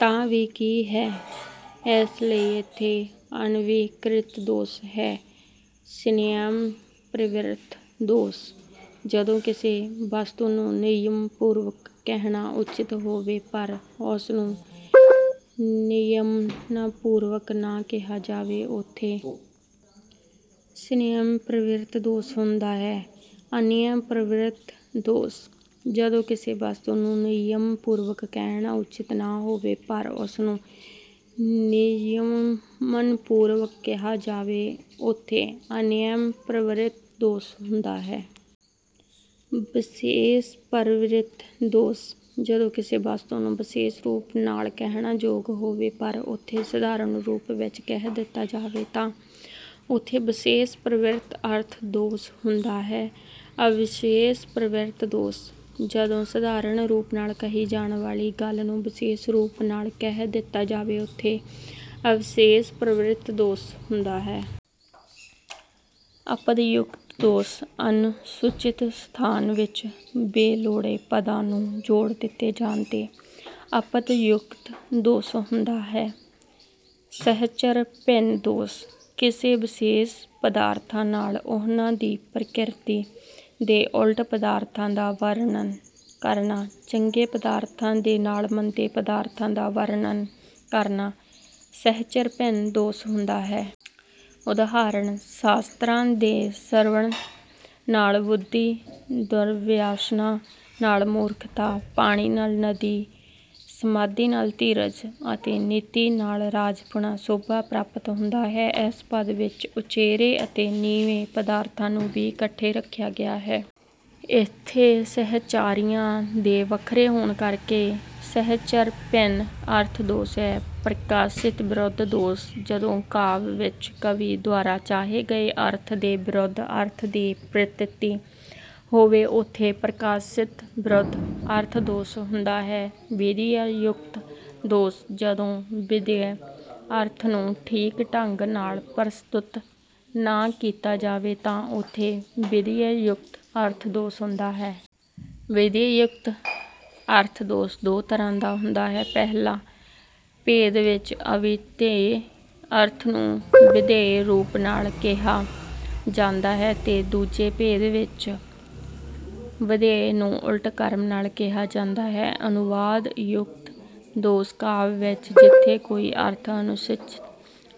ਤਾਂ ਵੀ ਕੀ ਹੈ? ਇਸ ਲਈ ਇੱਥੇ ਅਨਵੀਕ੍ਰਿਤ ਦੋਸ਼ ਹੈ। ਸਨਿਯਮਪਰਿਵ੍ਰਿਤ ਦੋਸ਼: ਜਦੋਂ ਕਿਸੇ ਵਸਤੂ ਨੂੰ ਨਿਯਮ ਪੂਰਵਕ ਕਹਿਣਾ ਉਚਿੱਤ ਹੋਵੇ ਪਰ ਉਸਨੂੰ ਨਿਯਮਨਾਪੂਰਵਕ ਨਾ ਕਿਹਾ ਜਾਵੇ, ਉਥੇ 'ਸਨਿਯਮਪਰਿਵ੍ਰਿਤ' ਦੋਸ਼ ਹੁੰਦਾ ਹੈ। ਅਨਿਯਮਪਰਿਵ੍ਰਿਤ ਦੋਸ਼: ਜਦੋਂ ਕਿਸੇ ਵਸਤੂ ਨੂੰ ਨਿਯਮ ਪੂਰਵਕ ਕਹਿਣਾ ਉਚਿੱਤ ਨਾ ਹੋਵੇ ਪਰ ਉਸਨੂੰ ਨਿਯਮਨਪੂਰਵਕ ਕਿਹਾ ਜਾਵੇ, ਉਥੇ 'ਅਨਿਯਮਪਰਿਵ੍ਰਿਤ' ਦੋਸ਼ ਹੁੰਦਾ ਹੈ। ਵਿਸ਼ੇਸ਼ਪਰਿਵ੍ਰਿਤ ਦੋਸ਼: ਜਦੋਂ ਕਿਸੇ ਵਸਤੂ ਨੂੰ ਵਿਸ਼ੇਸ਼ ਰੂਪ ਨਾਲ ਕਹਿਣਾ ਯੋਗ ਹੋਵੇ, ਪਰ ਉਥੇ ਸਧਾਰਨ ਰੂਪ ਵਿੱਚ ਕਹਿ ਦਿੱਤਾ ਜਾਵੇ ਤਾਂ ਉਥੇ 'ਵਿਸ਼ੇਸ਼ਪਰਿਵ੍ਰਿਤ' ਅਰਥ ਦੋਸ਼ ਹੁੰਦਾ ਹੈ। ਅਵਿਸ਼ੇਸ਼ਪਰਿਵ੍ਰਿਤ ਦੋਸ਼: ਜਦੋਂ ਸਧਾਰਨ ਰੂਪ ਨਾਲ ਕਹੀ ਜਾਣ ਵਾਲੀ ਗੱਲ ਨੂੰ ਵਿਸ਼ੇਸ਼ ਰੂਪ ਨਾਲ ਕਹਿ ਦਿੱਤਾ ਜਾਵੇ, ਉਥੇ 'ਅਵਿਸ਼ੇਸ਼ਪਰਿਵ੍ਰਿਤ' ਦੋਸ਼ ਹੁੰਦਾ ਹੈ। ਅਪਦਯੁਕਤ ਦੋਸ਼: ਅਨੁਚਿਤ ਸਥਾਨ ਵਿੱਚ ਬੇਲੋੜੇ ਪਦਾਂ ਨੂੰ ਜੋੜ ਦਿੱਤੇ ਜਾਣ 'ਤੇ 'ਅਪਦਯੁਕਤ' ਦੋਸ਼ ਹੁੰਦਾ ਹੈ। ਸਹਚਰਭਿੰਨ ਦੋਸ਼: ਕਿਸੇ ਵਿਸ਼ੇਸ਼ ਪਦਾਰਥਾਂ ਨਾਲ ਉਨ੍ਹਾਂ ਦੀ ਪ੍ਰਕਿਰਤੀ ਦੇ ਉਲਟ ਪਦਾਰਥਾਂ ਦਾ ਵਰਣਨ ਕਰਨਾ; ਚੰਗੇ ਪਦਾਰਥਾਂ ਦੇ ਨਾਲ ਮੰਦੇ ਪਦਾਰਥਾਂ ਦਾ ਵਰਣਨ ਕਰਨਾ 'ਸਹਚਰਭਿੰਨ' ਦੋਸ਼ ਹੁੰਦਾ ਹੈ। ਉਦਾਹਰਣ- ਸ਼ਾਸਤਰਾਂ ਦੇ ਸ਼੍ਰਵਣ ਨਾਲ ਬੁੱਧੀ, ਦੁਰਵਿਆਸਨਾਂ ਨਾਲ ਮੂਰਖਤਾ, ਪਾਣੀ ਨਾਲ ਨਦੀ, ਸਮਾਧੀ ਨਾਲ ਧੀਰਜ ਅਤੇ ਨੀਤੀ ਨਾਲ ਰਾਜਪੁਣਾ ਸ਼ੋਭਾ ਪ੍ਰਾਪਤ ਹੁੰਦਾ ਹੈ। ਇਸ ਪਦ ਵਿੱਚ ਉਚੇਰੇ ਅਤੇ ਨੀਵੇਂ ਪਦਾਰਥਾਂ ਨੂੰ ਵੀ ਇਕੱਠੇ ਰੱਖਿਆ ਗਿਆ ਹੈ। ਇੱਥੇ ਸਹਿਚਾਰੀਆਂ ਦੇ ਵੱਖਰੇ ਹੋਣ ਕਰਕੇ 'ਸਹਚਰਭਿੰਨ' ਅਰਥ ਦੋਸ਼ ਹੈ। ਪ੍ਰਕਾਸ਼ਿਤਵਿਰੁੱਧ ਦੋਸ਼: ਜਦੋਂ ਕਾਵਿ ਵਿੱਚ ਕਵੀ ਦੁਆਰਾ ਚਾਹੇ ਗਏ ਅਰਥ ਦੇ ਵਿਰੁੱਧ ਅਰਥ ਦੀ ਪ੍ਰਤੀਤੀ ਹੋਵੇ ਉਥੇ 'ਪ੍ਰਕਾਸ਼ਿਤਵਿਰੁੱਧ' ਅਰਥ ਦੋਸ਼ ਹੁੰਦਾ ਹੈ। ਵਿਧੀਅਯੁਕਤ ਦੋਸ਼: ਜਦੋਂ ਵਿਧੇਯ ਅਰਥ ਨੂੰ ਠੀਕ ਢੰਗ ਨਾਲ ਪ੍ਰਸਤੁਤ ਨਾ ਕੀਤਾ ਜਾਵੇ, ਤਾਂ ਉਥੇ 'ਵਿਧੀਅਯੁਕਤ' ਅਰਥ ਦੋਸ਼ ਹੁੰਦਾ ਹੈ। ਵਿਧੀਅਯੁਕਤ ਅਰਥ ਦੋਸ਼ ਦੋ ਤਰ੍ਹਾਂ ਦਾ ਹੁੰਦਾ ਹੈ- ਪਹਿਲੇ ਭੇਦ ਵਿੱਚ ਅਵਿਧੇਯ ਅਰਥ ਨੂੰ ਵਿਧੇਯ ਰੂਪ ਨਾਲ ਕਿਹਾ ਜਾਂਦਾ ਹੈ ਤੇ ਦੂਜੇ ਭੇਦ ਵਿੱਚ ਵਿਧੇਯ ਨੂੰ ਉਲਟ ਕ੍ਰਮ ਨਾਲ ਕਿਹਾ ਜਾਂਦਾ ਹੈ। ਅਨੁਵਾਦ-ਅਯੁਕਤ ਦੋਸ਼: ਕਾਵਿ ਵਿੱਚ ਜਿਥੇ ਕੋਈ ਅਰਥ ਅਨੁਚਿਤ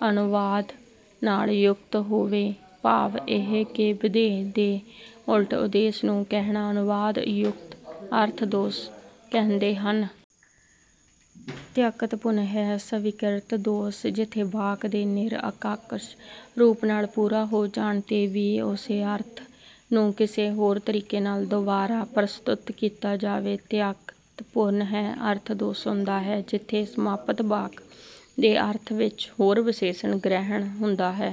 ਅਨੁਵਾਦ ਨਾਲ ਯੁਕਤ ਹੋਵੇ, ਭਾਵ ਇਹ ਕਿ ਵਿਧੇਯ ਦੇ ਉਲਟ ਉਦੇਸ਼ ਨੂੰ ਕਹਿਣਾ 'ਅਨੁਵਾਦ-ਅਯੁਕਤ' ਅਰਥ ਦੋਸ਼ ਕਹਿੰਦੇ ਹਨ। ਤਿਆਕਤਪੁਨਹ-ਸਵੀਕ੍ਰਿਤ ਦੋਸ਼: ਜਿਥੇ ਵਾਕ ਦੇ ਨਿਰ-ਅਕਾਂਕਸ਼ ਰੂਪ ਨਾਲ ਪੂਰਾ ਹੋ ਜਾਣ 'ਤੇ ਵੀ ਉਸੇ ਅਰਥ ਨੂੰ ਕਿਸੇ ਹੋਰ ਤਰੀਕੇ ਨਾਲ ਦੁਬਾਰਾ ਪ੍ਰਸਤੁਤ ਕੀਤਾ ਜਾਵੇ ਤਾਂ 'ਤਿਆਕਤਪੁਨਹ' ਅਰਥ ਦੋਸ਼ ਹੁੰਦਾ ਹੈ। ਜਿਥੇ ਸਮਾਪਤ ਵਾਕ ਦੇ ਅਰਥ ਵਿੱਚ ਹੋਰ ਵਿਸ਼ੇਸ਼ਣ ਗ੍ਰਹਿਣ ਹੁੰਦਾ ਹੈ